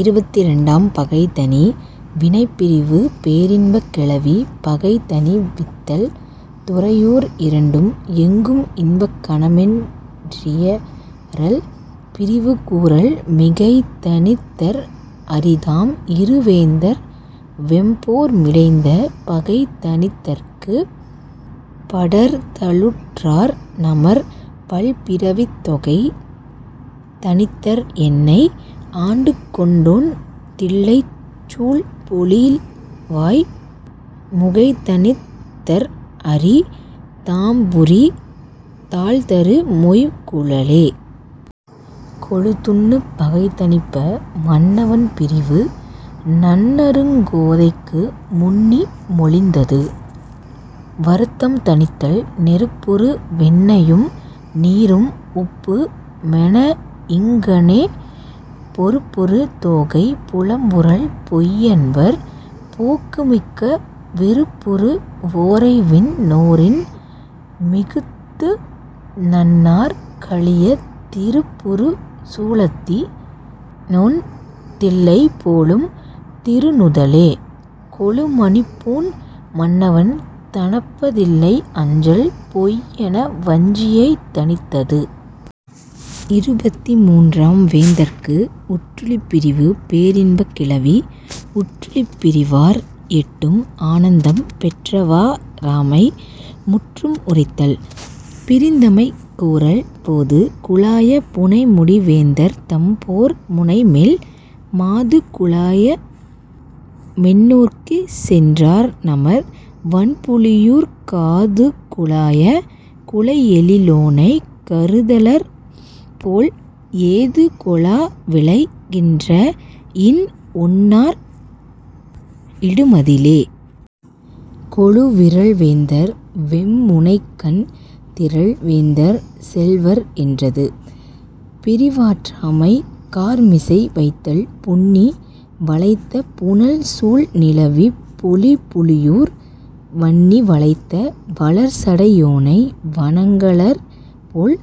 இருபத்திரண்டாம். பகை தணி வினைப் பிரிவு பேரின்பக் கிளவி பகைதணி வித்தல் துறையோர் இரண்டும் எங்கும் இன்பக் கனமென் றியறல்.. பிரிவு கூறல் மிகைதணித் தற்அரி தாம்இரு வேந்தர்வெம் போர்மிடைந்த பகைதணித் தற்குப் படர்தலுற் றார்நமர் பல்பிறவித் தொகைதணித் தற்என்னை ஆண்டுகொண் டோன்தில்லைச் சூழ்பொழில்வாய் முகைதணித் தற்அரி தாம்புரி தாழ்தரு மொய்குழலே.... கொளு துன்னு பகை தணிப்ப மன்னவன் பிரிவு நன்னறுங் கோதைக்கு முன்னி மொழிந்தது.. வருத்தம் தணித்தல் நெருப்புறு வெண்ணெயும் நீருறும் உப்பு மெனஇங்ஙனே பொருப்புறு தோகை புலம்புறல் பொய்யன்பர் போக்குமிக்க விருப்புறு வோரைவிண் ணோரின் மிகுத்துநண் ணார்கழியத் திருப்புறு சூலத்தி னோன்தில்லை போலும் திருநுதலே.... கொளு மணிப்பூண் மன்னவன் தணப்ப தில்லை அஞ்சல் பொய்யென வஞ்சியைத் தணித்தது. இருபத்திமூன்றாம். வேந்தற்கு உற்றுழிப் பிரிவு பேரின்பக் கிளவி உற்றுழிப் பிரிவார் எட்டும் ஆனந்தம் பெற்றவா ராமை முற்றும் உரைத்தல்.. பிரிந்தமை கூறல் போது குலாய புனைமுடி வேந்தர்தம் போர்முனைமேல் மாது குலாயமென் னோர்க்கிசென் றார்நமர் வண்புலியூர்க் காதுகுலாய குழைஎழி லோனைக் கருதலர்போல் ஏதுகொ லாவிளை கின்றஇன் ஒன்னார் இடுமதிலே.... கொளு விறல்வேந்தர் வெம்முணைக்கண் திறல் வேந்தர் செல்வர் என்றது.. பிரிவாற்றாமை கார்மிசை வைத்தல் பொன்னி வளைத்த புனல்சூழ் நிலவிப் பொலிபுலியூர் வன்னி வளைத்த வளர்சடை யோனை வணங்கலர்போல்।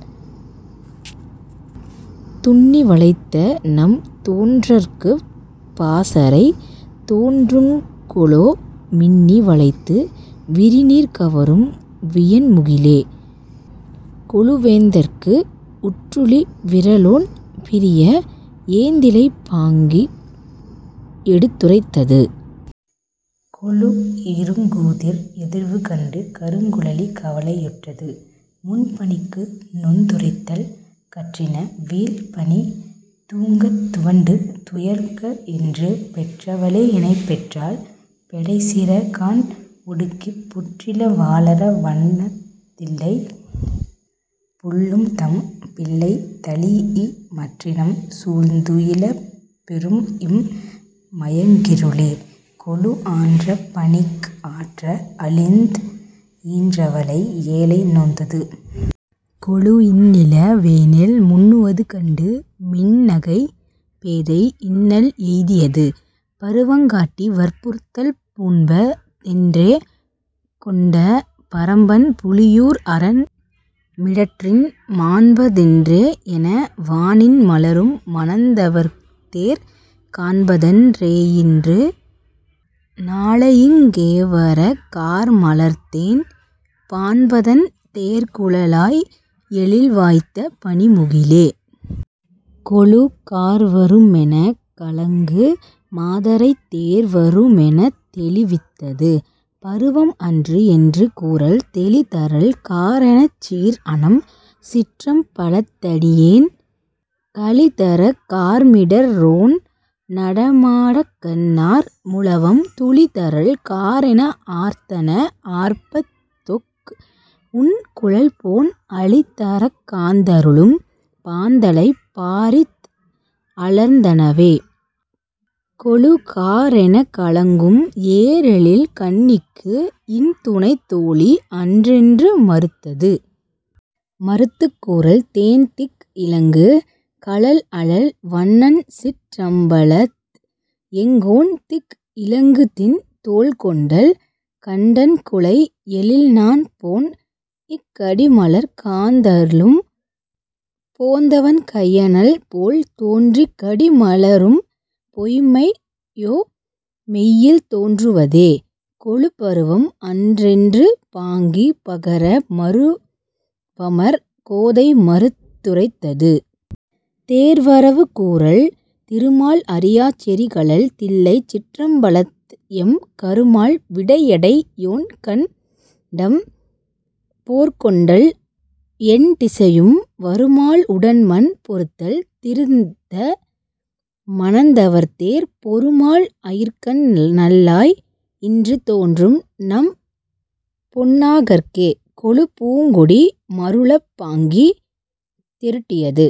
துன்னி வளைத்தநம் தோன்றற்குப் பாசறை தோன்றுங் கொலோ மின்னி வளைத்து விரிநீர் கவரும் வியன்முகிலே.... கொளு வேந்தற்கு உற்றுழி விறலோன் பிரிய ஏந்திழை பாங்கிக் எடுத்து ரைத்தது.. கொளு இருங்கூதிர் எதிர்வு கண்டு கருங்குழலி கவலை யுற்றது.. முன் பனிக்கு நொந்துரைத்தல் கற்றின வீழ்பனி தூங்கத் துவண்டு துயர்கஎன்று பெற்றவ ளேஎனைப் பெற்றாள் பெடைசிற கான்ஒடுக்கிப் புற்றில வாளர வன்தில்லைப் புள்ளும்தம் பிள்ளைதழீஇ மற்றினம் சூழ்ந்து துயிலப் பெறும்இம் மயங்கிருளே.... கொளு ஆன்றபனிக் ஆற்றா அழிந் ஈன்றவளை ஏழை நொந்தது.. கொளு இன்னிள வேனில் முன்னுவது கண்டு மென்னகைப் பேதை இன்னல் எய்தியது.. பருவங் காட்டி வற்புறுத்தல் பூண்பதென் றேகொண்ட பரம்பன் புலியூர் அரன் மிடற்றின் மாண்பதென் றேஎன வானின் மலரும் மணந்தவர்தேர் காண்பதன் றேயின்று நாளையிங் கேவரக் கார்மலர்த்தேன் பாண்பதன் தேர்குழ லாய்எழில் வாய்த்த பனிமுகிலே.... கொளு கார்வருமெனக் கலங்கு மாதரைத் தேர் வருமெனத் தெளிவித்தது.. பருவம் அன்று என்று கூறல் தெளிதரல் காரெனச் சீர்அனம் சிற்றம் பலத்தடியேன் களிதரக் கார்மிடற் றோன்நட மாடக்கண் ணார்முழவம் துளிதரல் காரென ஆர்த்தன ஆர்ப்பத்தொக் உன்குழல்போன் அளிதரக் காந்தளும் பாந்தளைப் பாரித் அலர்ந்தனவே.... கொளு காரெனக் கலங்கும் ஏரெழில் கண்ணிக்கு இன்துணைத் தோழி அன்றென்று மறுத்தது.. மறுத்துக் கூறல் தேன்திக் இலங்கு கழல்அழல் வண்ணன்சிற் றம்பலத்எங் கோன்திக் இலங்குதிண் தோள் கொண்டல் கண்டன் குழைஎழில்நாண் போன்இக் கடிமலர்க் காந்தளும் போந்தவன் கையனல் போல் தோன்றிக் கடிமல ரும்பொய்ம்மை யோமெய்யில் தோன்றுவதே.... கொளு பருவம் அன்றென்று பாங்கி பகர மருவமர் கோதை மறுத்து ரைத்தது.. தேர் வரவு கூறல் திருமால் அறியாச் செறிகழல் தில்லைச் சிற்றம்பலத்எம் கருமால் விடையடை யோன்கண்டம் போற்கொண்டல் எண்டிசையும் வருமால் உடன்மன் பொருந்தல் திருந்த மணந்தவர்தேர் பொருமால் அயிற்கண்நல் லாய்இன்று தோன்றும்நம் பொன்னாகர்க்கே.... கொளு பூங்கொடி மருளப் பாங்கி தெருட்டியது.